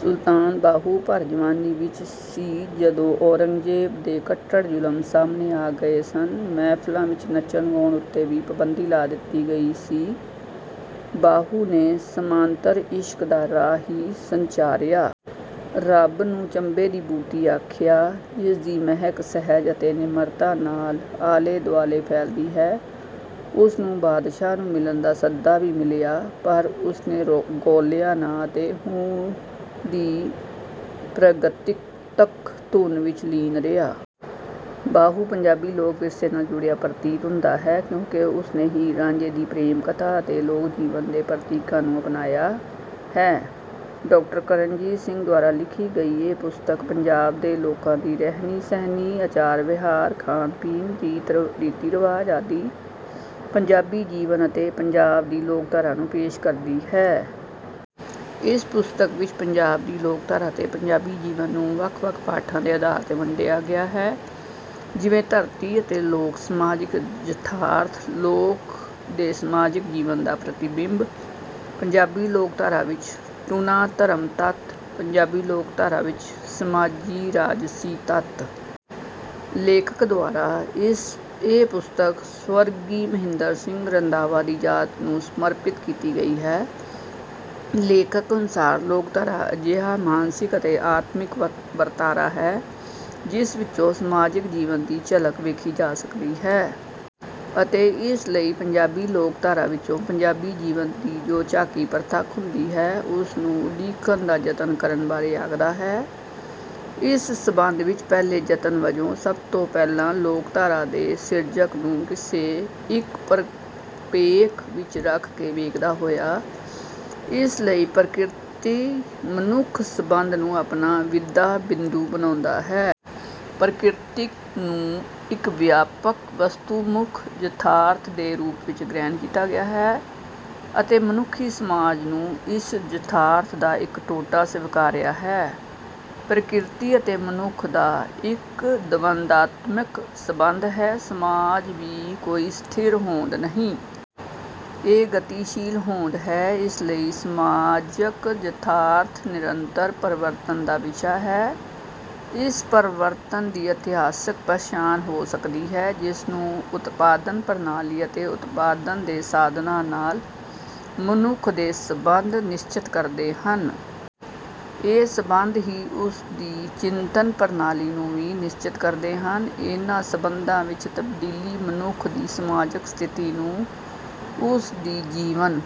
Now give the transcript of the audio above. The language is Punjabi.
ਸੁਲਤਾਨ ਬਾਹੂ ਭਰ ਜਵਾਨੀ ਵਿੱਚ ਸੀ ਜਦੋਂ ਔਰੰਗਜ਼ੇਬ ਦੇ ਕੱਟੜ ਜੁਲਮ ਸਾਹਮਣੇ ਆ ਗਏ ਸਨ। ਮਹਿਫਲਾਂ ਵਿੱਚ ਨੱਚਣ-ਗਾਉਣ ਉੱਤੇ ਵੀ ਪਾਬੰਦੀ ਲਾ ਦਿੱਤੀ ਗਈ ਸੀ। ਬਾਹੂ ਨੇ ਸਮਾਨੰਤਰ ਇਸ਼ਕ ਦਾ ਰਾਹ ਹੀ ਸੰਚਾਰਿਆ। ਰੱਬ ਨੂੰ ਚੰਬੇ ਦੀ ਬੂਟੀ ਆਖਿਆ, ਜਿਸ ਦੀ ਮਹਿਕ ਸਹਿਜ ਅਤੇ ਨਿਮਰਤਾ ਨਾਲ ਆਲੇ-ਦੁਆਲੇ ਫੈਲਦੀ ਹੈ। ਉਸ ਨੂੰ ਬਾਦਸ਼ਾਹ ਨੂੰ ਮਿਲਣ ਦਾ ਸੱਦਾ ਵੀ ਮਿਲਿਆ, ਪਰ ਉਸਨੇ ਗੌਲਿਆ ਨਾ ਅਤੇ 'ਹੂ' ਦੀ ਪ੍ਰਗੀਤਕ ਧੁਨ ਵਿੱਚ ਲੀਨ ਰਿਹਾ। ਬਾਹੂ ਪੰਜਾਬੀ ਲੋਕ-ਵਿਰਸੇ ਨਾਲ ਜੁੜਿਆ ਪ੍ਰਤੀਤ ਹੁੰਦਾ ਹੈ, ਕਿਉਂਕਿ ਉਸਨੇ ਹੀਰ-ਰਾਝੇ ਦੀ ਪ੍ਰੇਮ ਕਥਾ ਅਤੇ ਲੋਕ-ਜੀਵਨ ਦੇ ਪ੍ਰਤੀਕਾਂ ਨੂੰ ਅਪਣਾਇਆ ਹੈ। ਡਾਕਟਰ ਕਰਨਜੀਤ ਸਿੰਘ ਦੁਆਰਾ ਲਿਖੀ ਗਈ ਇਹ ਪੁਸਤਕ ਪੰਜਾਬ ਦੇ ਲੋਕਾਂ ਦੀ ਰਹਿਣੀ-ਸਹਿਣੀ, ਆਚਾਰ-ਵਿਹਾਰ, ਖਾਣ-ਪੀਣ, ਰੀਤੀ-ਰਿਵਾਜ਼ ਆਦਿ ਪੰਜਾਬੀ ਜੀਵਨ ਅਤੇ ਪੰਜਾਬ ਦੀ ਲੋਕਧਾਰਾ ਨੂੰ ਪੇਸ਼ ਕਰਦੀ ਹੈ। ਇਸ ਪੁਸਤਕ ਵਿੱਚ ਪੰਜਾਬ ਦੀ ਲੋਕਧਾਰਾ ਅਤੇ ਪੰਜਾਬੀ ਜੀਵਨ ਨੂੰ ਵੱਖ-ਵੱਖ ਪਾਠਾਂ ਦੇ ਅਧਾਰ 'ਤੇ ਵੰਡਿਆ ਗਿਆ ਹੈ, ਜਿਵੇਂ ਧਰਤੀ ਅਤੇ ਲੋਕ, ਸਮਾਜਕ ਯਥਾਰਥ, 'ਲੋਕ' ਦੇ ਸਮਾਜਕ ਜੀਵਨ ਦਾ ਪ੍ਰਤੀਬਿੰਬ, ਪੰਜਾਬੀ ਲੋਕਧਾਰਾ ਵਿੱਚ ਟੂਣਾ-ਧਰਮ ਤੱਤ, ਪੰਜਾਬੀ ਲੋਕਧਾਰਾ ਵਿੱਚ ਸਮਾਜੀ-ਰਾਜਸੀ ਤੱਤ। ਲੇਖਕ ਦੁਆਰਾ ਇਹ ਪੁਸਤਕ ਸਵਰਗੀ ਮਹਿੰਦਰ ਸਿੰਘ ਰੰਧਾਵਾ ਦੀ ਯਾਦ ਨੂੰ ਸਮਰਪਿਤ ਕੀਤੀ ਗਈ ਹੈ। ਲੇਖਕ ਅਨੁਸਾਰ ਲੋਕਧਾਰਾ ਅਜਿਹਾ ਮਾਨਸਿਕ ਅਤੇ ਆਤਮਿਕ ਵਰਤਾਰਾ ਹੈ, ਜਿਸ ਵਿੱਚੋਂ ਸਮਾਜਿਕ ਜੀਵਨ ਦੀ ਝਲਕ ਵੇਖੀ ਜਾ ਸਕਦੀ ਹੈ। ਅਤੇ ਇਸ ਲਈ ਪੰਜਾਬੀ ਲੋਕਧਾਰਾ ਵਿੱਚੋਂ ਪੰਜਾਬੀ ਜੀਵਨ ਦੀ ਜੋ ਝਾਕੀ ਪ੍ਰਤੱਖ ਹੁੰਦੀ ਹੈ ਉਸ ਨੂੰ ਉਲੀਕਣ ਦਾ ਯਤਨ ਕਰਨ ਬਾਰੇ ਆਖਦਾ ਹੈ। ਇਸ ਸਬੰਧ ਵਿੱਚ ਪਹਿਲੇ ਯਤਨ ਵਜੋਂ ਸਭ ਤੋਂ ਪਹਿਲਾਂ ਲੋਕਧਾਰਾ ਦੇ ਸਿਰਜਕ ਨੂੰ ਕਿਸੇ ਇੱਕ ਪਰਿਪੇਖ ਵਿੱਚ ਰੱਖ ਕੇ ਵੇਖਦਾ ਹੋਇਆ, ਇਸ ਲਈ ਪ੍ਰਕਿਰਤੀ-ਮਨੁੱਖ ਸਬੰਧ ਨੂੰ ਆਪਣਾ ਵਿਦਾ ਬਿੰਦੂ ਬਣਾਉਂਦਾ ਹੈ। ਪ੍ਰਕਿਰਤੀ ਨੂੰ ਇੱਕ ਵਿਆਪਕ ਵਸਤੂਮੁਖ ਯਥਾਰਥ ਦੇ ਰੂਪ ਵਿੱਚ ਗ੍ਰਹਿਣ ਕੀਤਾ ਗਿਆ ਹੈ ਅਤੇ ਮਨੁੱਖੀ ਸਮਾਜ ਨੂੰ ਇਸ ਯਥਾਰਥ ਦਾ ਇੱਕ ਟੋਟਾ ਸਵੀਕਾਰਿਆ ਹੈ। ਪ੍ਰਕਿਰਤੀ ਅਤੇ ਮਨੁੱਖ ਦਾ ਇੱਕ ਦਵੰਦਾਤਮਕ ਸਬੰਧ ਹੈ। ਸਮਾਜ ਵੀ ਕੋਈ ਸਥਿਰ ਹੋਂਦ ਨਹੀਂ। ਇਹ ਗਤੀਸ਼ੀਲ ਹੋਂਦ ਹੈ। ਇਸ ਲਈ ਸਮਾਜਕ ਯਥਾਰਥ ਨਿਰੰਤਰ ਪਰਿਵਰਤਨ ਦਾ ਵਿਸ਼ਾ ਹੈ। ਇਸ ਪਰਿਵਰਤਨ ਦੀ ਇਤਿਹਾਸਕ ਪਛਾਣ ਹੋ ਸਕਦੀ ਹੈ, ਜਿਸ ਨੂੰ ਉਤਪਾਦਨ ਪ੍ਰਣਾਲੀ ਅਤੇ ਉਤਪਾਦਨ ਦੇ ਸਾਧਨਾਂ ਨਾਲ ਮਨੁੱਖ ਦੇ ਸਬੰਧ ਨਿਸ਼ਚਿਤ ਕਰਦੇ ਹਨ। ਇਹ ਸਬੰਧ ਹੀ ਉਸ ਦੀ ਚਿੰਤਨ ਪ੍ਰਣਾਲੀ ਨੂੰ ਵੀ ਨਿਸ਼ਚਿਤ ਕਰਦੇ ਹਨ। ਇਹਨਾਂ ਸਬੰਧਾਂ ਵਿੱਚ ਤਬਦੀਲੀ ਮਨੁੱਖ ਦੀ ਸਮਾਜਕ ਸਥਿਤੀ ਨੂੰ, ਉਸ ਦੀ ਜੀਵਨ